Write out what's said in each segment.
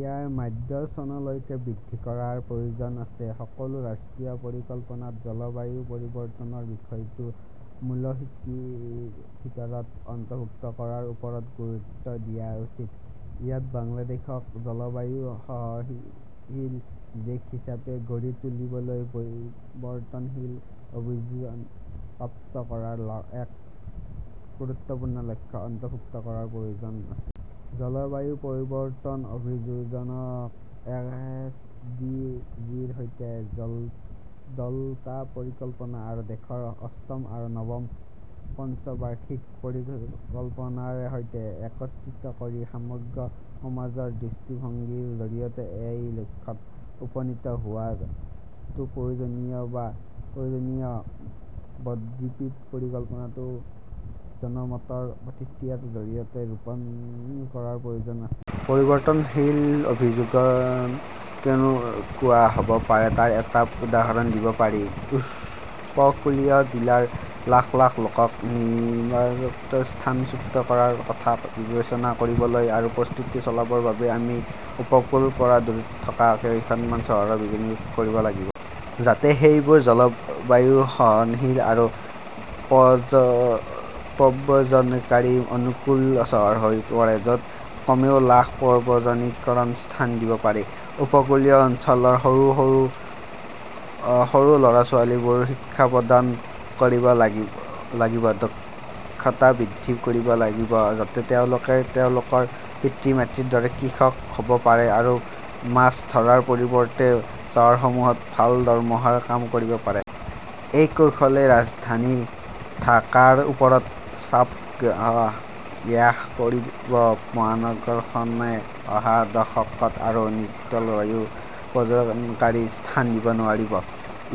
ইয়াৰ ম্যাদ চনলৈকে বৃদ্ধি কৰাৰ প্ৰয়োজন আছে। সকলো ৰাষ্ট্ৰীয় পৰিকল্পনাত জলবায়ু পৰিৱৰ্তনৰ বিষয়টো মূলসুঁতিৰ ভিতৰত অন্তৰ্ভুক্ত কৰাৰ ওপৰত গুৰুত্ব দিয়া উচিত। ইয়াত বাংলাদেশক জলবায়ু-সহনশীল দেশ হিচাপে গঢ়ি তুলিবলৈ পৰিৱৰ্তনশীল অভিযোজন প্ৰাপ্ত কৰাৰ এক গুৰুত্বপূৰ্ণ লক্ষ্য অন্তৰ্ভুক্ত কৰাৰ প্ৰয়োজন আছে। জলবায়ু পৰিৱৰ্তন অভিযোজনক এছ ডি জিৰ সৈতে ডেল্টা পৰিকল্পনা আৰু দেশৰ অষ্টম আৰু নৱম পঞ্চবাৰ্ষিক পৰিকল্পনাৰ সৈতে একত্ৰিত কৰি সমগ্ৰ সমাজৰ দৃষ্টিভংগীৰ জৰিয়তে এই লক্ষ্যত উপনীত হোৱাটো প্ৰয়োজনীয়। ব-দ্বীপ পৰিকল্পনাটোও জনমতৰ প্ৰক্ৰিয়াৰ জৰিয়তে ৰূপায়ণ কৰাৰ প্ৰয়োজন আছে। পৰিৱৰ্তনশীল অভিযোজন কেনেকুৱা হ'ব পাৰে তাৰ এটা উদাহৰণ দিব পাৰি। উপকূলীয় জিলাৰ লাখ লাখ লোকক অনিবাৰ্যভাৱে স্থানচ্যুত কৰাৰ কথা বিবেচনা কৰিবলৈ আৰু প্ৰস্তুতি চলাবৰ বাবে আমি উপকূলৰ পৰা দূৰত থকা কেইখনমান চহৰত বিনিয়োগ কৰিব লাগিব। যাতে সেইবোৰ জলবায়ু-সহনশীল আৰু প্ৰব্ৰজনকাৰী-অনুকূল চহৰ হৈ পৰে, য'ত কমেও লাখ প্ৰব্ৰজনকাৰীক স্থান দিব পাৰি। উপকূলীয় অঞ্চলৰ সৰু ল'ৰা-ছোৱালীবোৰক শিক্ষা প্ৰদান কৰিব লাগিব। দক্ষতা বৃদ্ধি কৰিব লাগিব যাতে তেওঁলোকে তেওঁলোকৰ পিতৃ-মাতৃৰ দৰে কৃষক হ'ব পাৰে আৰু মাছ ধৰাৰ পৰিৱৰ্তে চহৰসমূহত ভাল দৰমহাৰে কাম কৰিব পাৰে। এই কৌশলে ৰাজধানী ঢাকাৰ ওপৰত চাপ হ্ৰাস কৰিব। মহানগৰখনে অহা দশকত আৰু নিযুত জলবায়ু প্ৰব্ৰজনকাৰীক স্থান দিব নোৱাৰিব।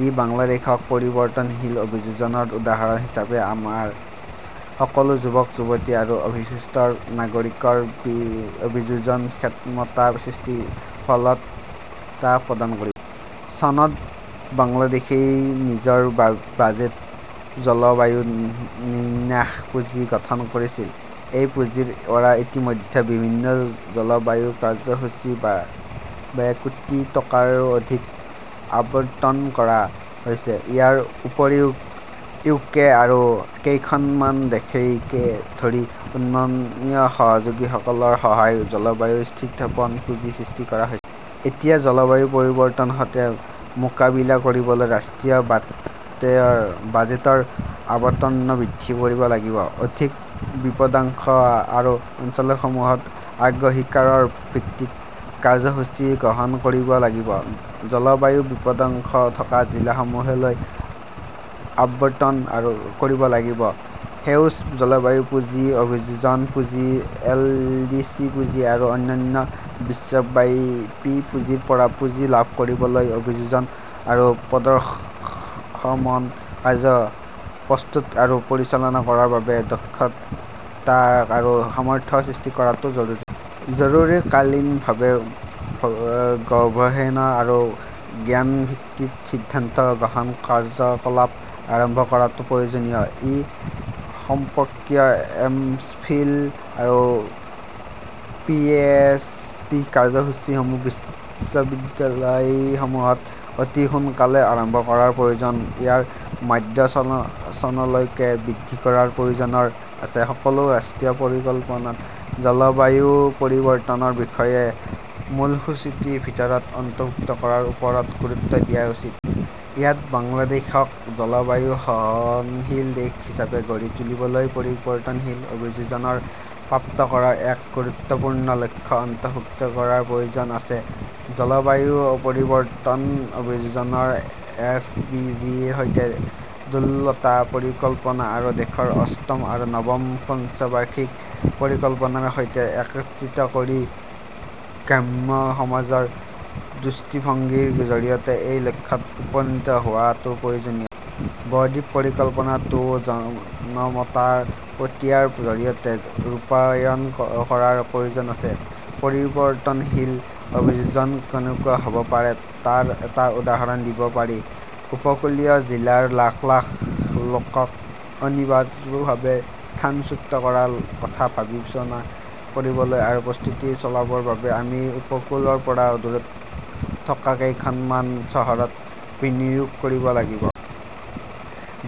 ই বাংলাদেশক পৰিৱৰ্তনশীল অভিযোজনৰ উদাহৰণ হিচাপে আমাৰ সকলো যুৱক-যুৱতী আৰু ভৱিষ্যতৰ নাগৰিকৰ অভিযোজন ক্ষমতা সৃষ্টিৰ সফলতা প্ৰদান কৰিব। চনত বাংলাদেশই নিজৰ বাজেটত জলবায়ু ন্যাস পুঁজি গঠন কৰিছিল। এই পুঁজিৰ পৰা ইতিমধ্যে বিভিন্ন জলবায়ু কাৰ্যসূচীৰ বাবে কোটি টকাৰো অধিক আবণ্টন কৰা হৈছে। ইয়াৰ উপৰিও ইউকে আৰু কেইখনমান দেশকে ধৰি উন্নয়ন সহযোগীসকলৰ সহায়ত জলবায়ু স্থিতিস্থাপক পুঁজি সৃষ্টি কৰা হৈছে। এতিয়া জলবায়ু পৰিৱৰ্তনৰ সৈতে মোকাবিলা কৰিবলৈ ৰাষ্ট্ৰীয় বাজেটৰ আবণ্টন বৃদ্ধি কৰিব লাগিব। অধিক বিপদাশংকা থকা অঞ্চলসমূহত অগ্ৰাধিকাৰৰ ভিত্তিত কাৰ্যসূচী গ্ৰহণ কৰিব লাগিব। জলবায়ুৰ বিপদাশংকা থকা জিলাসমূহলৈ আবণ্টন কৰিব লাগিব। সেউজ জলবায়ু পুঁজি, অভিযোজন পুঁজি, এল ডি চি পুঁজি আৰু অন্যান্য বিশ্বব্যাপী পুঁজিৰ পৰা পুঁজি লাভ কৰিবলৈ অভিযোজন আৰু প্ৰশমন কাৰ্যসূচী প্ৰস্তুত আৰু পৰিচালনা কৰাৰ বাবে দক্ষতা আৰু সামৰ্থ্য সৃষ্টি কৰাটো জৰুৰী। জৰুৰীকালীনভাৱে গৱেষণা আৰু জ্ঞানভিত্তিক সিদ্ধান্ত গ্ৰহণ, কাৰ্যকলাপ আৰম্ভ কৰাটো প্ৰয়োজনীয়। এই সম্পৰ্কীয় এমফিল আৰু পিএইচডি কাৰ্যসূচীসমূহ বিশ্ববিদ্যালয়সমূহত অতি সোনকালে আৰম্ভ কৰাৰ প্ৰয়োজন ইয়াৰ ম্যাদ চনলৈকে বৃদ্ধি কৰাৰ প্ৰয়োজন আছে। সকলো ৰাষ্ট্ৰীয় পৰিকল্পনাত জলবায়ু পৰিৱৰ্তনৰ বিষয়টো মূলসুঁতিৰ ভিতৰত অন্তৰ্ভুক্ত কৰাৰ ওপৰত গুৰুত্ব দিয়া উচিত। ইয়াত বাংলাদেশক জলবায়ু-সহনশীল দেশ হিচাপে গঢ়ি তুলিবলৈ পৰিৱৰ্তনশীল অভিযোজন প্ৰাপ্ত কৰাৰ এক গুৰুত্বপূৰ্ণ লক্ষ্য অন্তৰ্ভুক্ত কৰাৰ প্ৰয়োজন আছে। জলবায়ু পৰিৱৰ্তন অভিযোজনক এছ ডি জিৰ সৈতে ডেল্টা পৰিকল্পনা আৰু দেশৰ অষ্টম আৰু নৱম পঞ্চবাৰ্ষিক পৰিকল্পনাৰ সৈতে একত্ৰিত কৰি সমগ্ৰ সমাজৰ দৃষ্টিভংগীৰ জৰিয়তে এই লক্ষ্যত উপনীত হোৱাটো প্ৰয়োজনীয়। ব-দ্বীপ পৰিকল্পনাটোও জনমতৰ প্ৰক্ৰিয়াৰ জৰিয়তে ৰূপায়ণ কৰাৰ প্ৰয়োজন আছে। পৰিৱৰ্তনশীল অভিযোজন কেনেকুৱা হ'ব পাৰে তাৰ এটা উদাহৰণ দিব পাৰি। উপকূলীয় জিলাৰ লাখ লাখ লোকক অনিবাৰ্যভাৱে স্থানচ্যুত কৰাৰ কথা বিবেচনা কৰিবলৈ আৰু প্ৰস্তুতি চলাবৰ বাবে আমি উপকূলৰ পৰা দূৰত থকা কেইখনমান চহৰত বিনিয়োগ কৰিব লাগিব।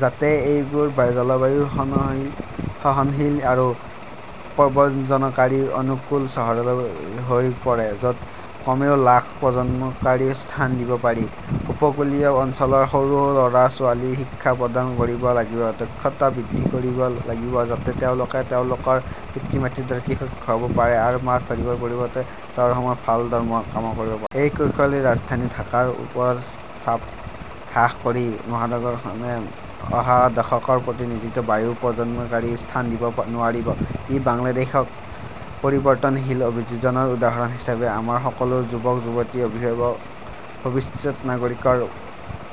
যাতে সেইবোৰ জলবায়ু-সহনশীল আৰু প্ৰব্ৰজনকাৰী-অনুকূল চহৰ হৈ পৰে, য'ত কমেও লাখ প্ৰব্ৰজনকাৰীক স্থান দিব পাৰি। উপকূলীয় অঞ্চলৰ সৰু ল'ৰা-ছোৱালীবোৰক শিক্ষা প্ৰদান কৰিব লাগিব। দক্ষতা বৃদ্ধি কৰিব লাগিব যাতে তেওঁলোকে তেওঁলোকৰ পিতৃ-মাতৃৰ দৰে কৃষক হ'ব পাৰে আৰু মাছ ধৰাৰ পৰিৱৰ্তে চহৰসমূহত ভাল দৰমহাৰে কাম কৰিব পাৰে। এই কৌশলে ৰাজধানী ঢাকাৰ ওপৰত চাপ হ্ৰাস কৰিব। মহানগৰখনে অহা দশকত আৰু নিযুত জলবায়ু প্ৰব্ৰজনকাৰীক স্থান দিব নোৱাৰিব। ই বাংলাদেশক পৰিৱৰ্তনশীল অভিযোজনৰ উদাহৰণ হিচাপে আমাৰ সকলো যুৱক-যুৱতী আৰু ভৱিষ্যতৰ নাগৰিকৰ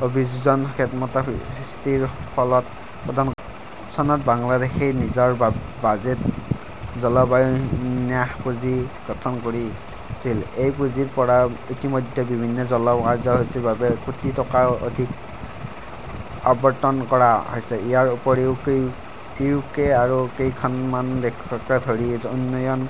অভিযোজন ক্ষমতা সৃষ্টিৰ সফলতা প্ৰদান কৰিব। চনত বাংলাদেশই নিজৰ বাজেটত জলবায়ু ন্যাস পুঁজি গঠন কৰিছিল। এই পুঁজিৰ পৰা ইতিমধ্যে বিভিন্ন জলবায়ু কাৰ্যসূচীৰ বাবে কোটি টকাৰো অধিক আবণ্টন কৰা হৈছে। ইয়াৰ উপৰিও ইউকে আৰু কেইখনমান দেশকে ধৰি উন্নয়ন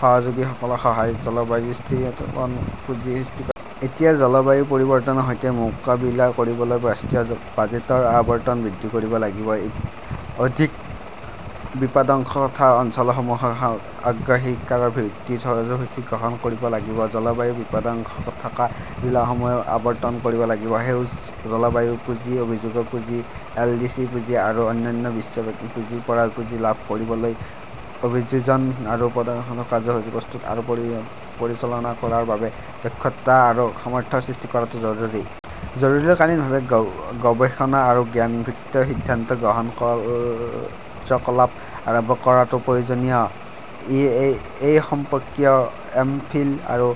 সহযোগীসকলৰ সহায়ত জলবায়ু স্থিতিস্থাপক পুঁজি সৃষ্টি কৰা হৈছে। এতিয়া জলবায়ু পৰিৱৰ্তনৰ সৈতে মোকাবিলা কৰিবলৈ ৰাষ্ট্ৰীয় বাজেটৰ আবণ্টন বৃদ্ধি কৰিব লাগিব। অধিক বিপদাশংকা থকা অঞ্চলসমূহত অগ্ৰাধিকাৰৰ ভিত্তিত কাৰ্যসূচী গ্ৰহণ কৰিব লাগিব। জলবায়ুৰ বিপদাশংকা থকা জিলাসমূহলৈ আবণ্টন কৰিব লাগিব। সেউজ জলবায়ু পুঁজি, অভিযোজন পুঁজি, এল ডি চি পুঁজি আৰু অন্যান্য বিশ্বব্যাপী পুঁজিৰ পৰা পুঁজি লাভ কৰিবলৈ অভিযোজন আৰু প্ৰশমন কাৰ্যসূচী প্ৰস্তুত আৰু পৰিচালনা কৰাৰ বাবে দক্ষতা আৰু সামৰ্থ্য সৃষ্টি কৰাটো জৰুৰী। জৰুৰীকালীনভাৱে গৱেষণা আৰু জ্ঞানভিত্তিক সিদ্ধান্ত গ্ৰহণ, কাৰ্যকলাপ আৰম্ভ কৰাটো প্ৰয়োজনীয়। এই সম্পৰ্কীয় এমফিল আৰু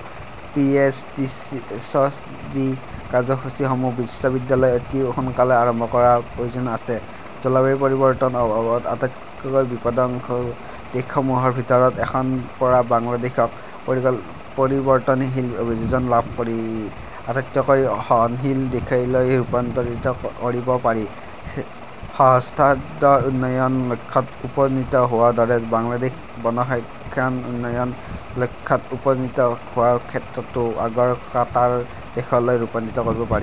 পিএইচডি কাৰ্যসূচীসমূহ বিশ্ববিদ্যালয়সমূহত অতি সোনকালে আৰম্ভ কৰাৰ প্ৰয়োজন আছে। জলবায়ু পৰিৱৰ্তনৰ প্ৰভাৱত আটাইতকৈ বিপদাপন্ন দেশসমূহৰ ভিতৰত এখনৰ পৰা বাংলাদেশক পৰিৱৰ্তনশীল অভিযোজন লাভ কৰি আটাইতকৈ সহনশীল দেশলৈ ৰূপান্তৰিত কৰিব পাৰি। সহস্ৰাব্দ উন্নয়ন লক্ষ্যত উপনীত হোৱাৰ দৰে, বাংলাদেশক বহনক্ষম উন্নয়ন লক্ষ্যত উপনীত হোৱাৰ ক্ষেত্ৰতো আগৰ কাটাৰ দেশলৈ ৰূপান্তৰিত কৰিব পাৰি।